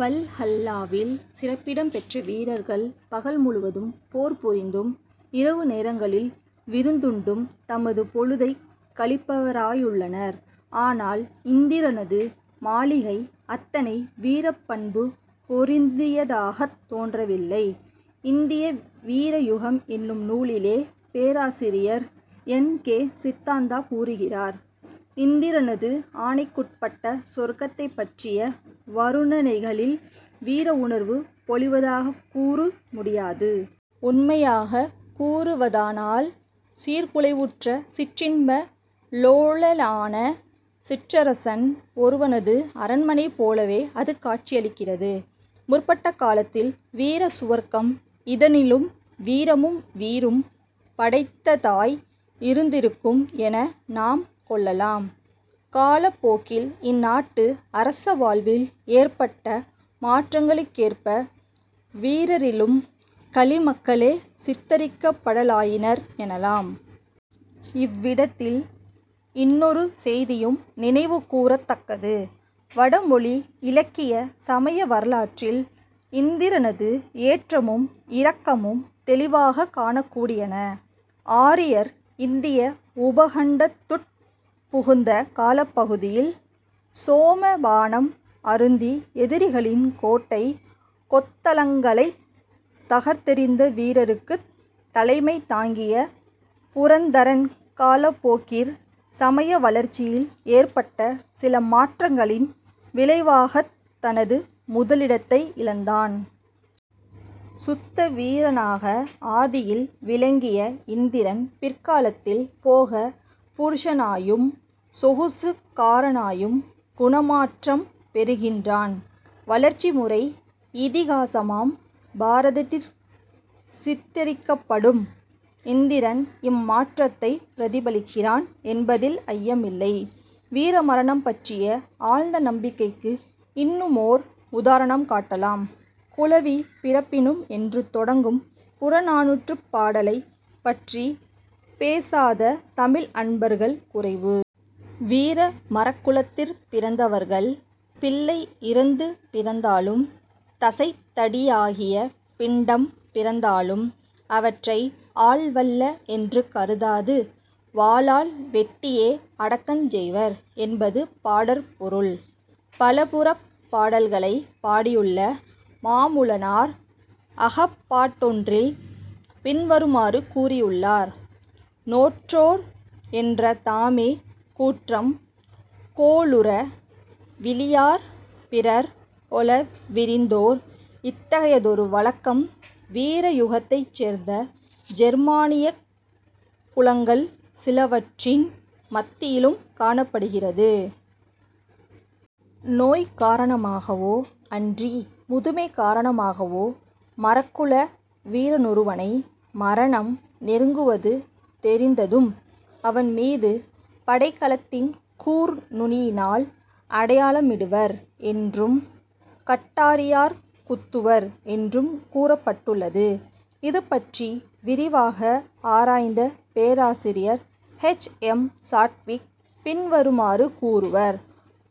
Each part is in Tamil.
வல்ஹல்லாவில் சிறப்பிடம் பெற்ற வீரர்கள் பகல் முழுவதும் போர்புரிந்தும் இரவு நேரங்களில் விருந்துண்டும் தமது பொழுதைக் கழிப்பவராயுள்ளனர். ஆனால் இந்திரனது மாளிகை அத்தனை வீரப் பண்பு பொருந்தியதாகத் தோன்றவில்லை. இந்திய வீரயுகம் என்னும் நூலிலே பேராசிரியர் என். கே. சித்தாந்தா கூறுகிறார்: "இந்திரனது ஆணைக்குட்பட்ட சொர்க்கத்தைப்பற்றிய வருணனைகளில் வீரஉணர்வு பொலிவதாகக்கூறு முடியாது. உண்மையாகக் கூறுவதானால், சீர்குலைவுற்ற சிற்றின்ப லோலனான சிற்றரசன் ஒருவனது அரண்மனை போலவே அது காட்சியளிக்கிறது. முற்பட்ட காலத்தில் வீர சுவர்க்கம் இதனிலும் வீரமும் வீறும் படைத்ததாய் இருந்திருக்கும் என நாம் கொள்ளலாம். காலப் போக்கில் இந்நாட்டு அரச வாழ்வில் ஏற்பட்ட மாற்றங்களுக்கேற்ப வீரரிலும் களிமக்களே சித்திரிக்கப்படலாயினர் எனலாம். " இவ்விடத்தில் இன்னொரு செய்தியும் நினைவுகூரத் தக்கது. வடமொழி இலக்கிய, சமய வரலாற்றில் இந்திரனது ஏற்றமும் இறக்கமும் தௌிவாகக் காணக்கூடியன. ஆரியர் இந்திய உபகண்டத்துட் புகுந்த காலப்பகுதியில் சோமபானம் அருந்தி எதிரிகளின் கோட்டை கொத்தளங்களைத் தகர்த்தெறிந்த வீரருக்குத் தலைமை தாங்கிய புரந்தரன் காலப்போக்கிற் சமய வளர்ச்சியில் ஏற்பட்ட சில மாற்றங்களின் விளைவாகத் தனது முதலிடத்தை இழந்தான். சுத்த வீரனாக ஆதியில் விளங்கிய இந்திரன் பிற்காலத்தில் போக புருஷனாயும் 'சொகுசு'க்காரனாயும் குணமாற்றம் பெறுகின்றான். வளர்ச்சி முறை இதிகாசமாம் பாரதத்திற் சித்திரிக்கப்படும் இந்திரன் இம் மாற்றத்தைப் பிரதிபலிக்கிறான் என்பதில் ஐயம் இல்லை. வீரமரணம் பற்றிய ஆழ்ந்த நம்பிக்கைக்கு இன்னுமோர் உதாரணம் காட்டலாம். "குழவி பிறப்பினும்" என்று தொடங்கும் புறநானூற்றுப் பாடலைப் பற்றிப் பேசாத தமிழ் அன்பர்கள் குறைவு. வீரமறக்குலத்திற் பிறந்தவர்கள் பிள்ளை இறந்து பிறந்தாலும் தசைத் தடியாகிய பிண்டம் பிறந்தாலும் அவற்றை ஆள் வல்ல என்று கருதாது வாளால் வெட்டியே அடக்கஞ் செய்வர் என்பது பாடற்பொருள். பலபுறப் பாடல்களைப் பாடியுள்ள மாமூலனார் அகப்பாட்டொன்றில் பின்வருமாறு கூறியுள்ளார்: "நோற்றோர் என்ற தாமே கூற்றம் கோளுற விளியார் பிறர் கொள விறிந்தோர்" இத்தகையதொரு வழக்கம் வீரயுகத்தைச் சேர்ந்த ஜெர்மானியக் குலங்கள் சிலவற்றின் மத்தியிலும் காணப்படுகிறது. நோய் காரணமாகவோ அன்றி முதுமை காரணமாகவோ மறக்குல வீரனொருவனை மரணம் நெருங்குவது தெரிந்ததும் அவன்மீது படைக்கலத்தின் கூர் நுனியினால் அடையாளமிடுவர் என்றும், கட்டாரியாற் குத்துவர் என்றும் கூறப்பட்டுள்ளது. இதுபற்றி விரிவாக ஆராய்ந்த பேராசிரியர் எச். எம். சாட்விக் பின்வருமாறு கூறுவர்: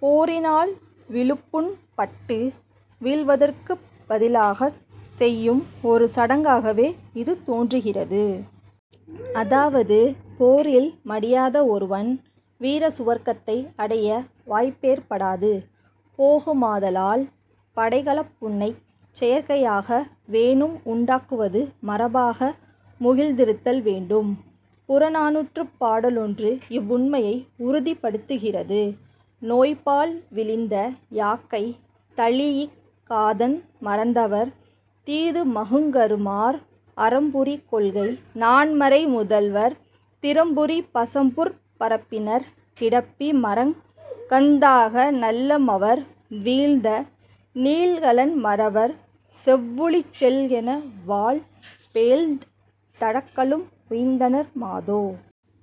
"போரினால் விழுப்புண் பட்டு வீழ்வதற்குப் பதிலாகச் செய்யும் ஒரு சடங்காகவே இது தோன்றுகிறது. " அதாவது போரில் மடியாத ஒருவன் வீரசுவர்க்கத்தை அடைய வாய்ப்பேற்படாது போகுமாதலால் படைக்கலப் புண்ணைச் செயற்கையாக வேனும் உண்டாக்குவது மரபாக முகிழ்ந்திருத்தல் வேண்டும். புறநானூற்றுப் பாடலொன்று இவ்வுண்மையை உறுதிப்படுத்துகிறது. "நோய்ப்பால் விளிந்த யாக்கை தழீஇக் காதன் மறந்தவர் தீதுமகுங்கறுமார் அறம்புரி கொள்கை நான்மறை முதல்வர் திறம்புரி பசம்புற் பரப்பினர் கிடப்பி மறங் கந்தாக நல்லமவர் வீழ்ந்த நீள் கழன் மறவர் செவ்வுழிச்செல்கென வாழ் பேழ்ந் தடக்கலும் உய்ந்தனர் மாதோ....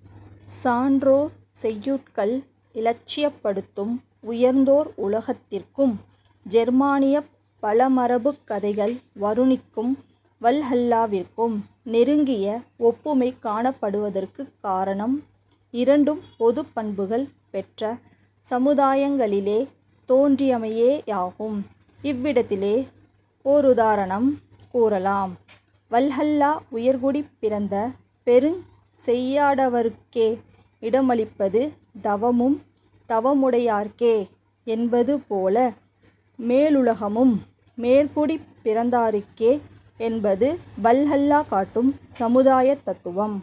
" சான்றோர் செய்யுட்கள் இலட்சியப்படுத்தும் உயர்ந்தோர் உலகத்திற்கும் ஜெர்மானியப் பழமரபுக் கதைகள் வருணிக்கும் வல்ஹல்லாவிற்கும் நெருங்கிய ஒப்புமை காணப்படுவதற்குக் காரணம், இரண்டும் பொதுப் பண்புகள் பெற்ற சமுதாயங்களிலே தோன்றியமையேயாகும். இவ்விடத்திலே ஒருதாரணம் கூறலாம். வல்ஹல்லா உயர்குடிப் பிறந்த பெருஞ் செய்யாடவருக்கே இடமளிப்பது. 'தவமும் தவமுடையார்க்கே' என்பது போல மேலுலகமும் மேற்குடிப் பிறந்தாருக்கே என்பது வல்ஹல்லா காட்டும் சமுதாயத் தத்துவம்.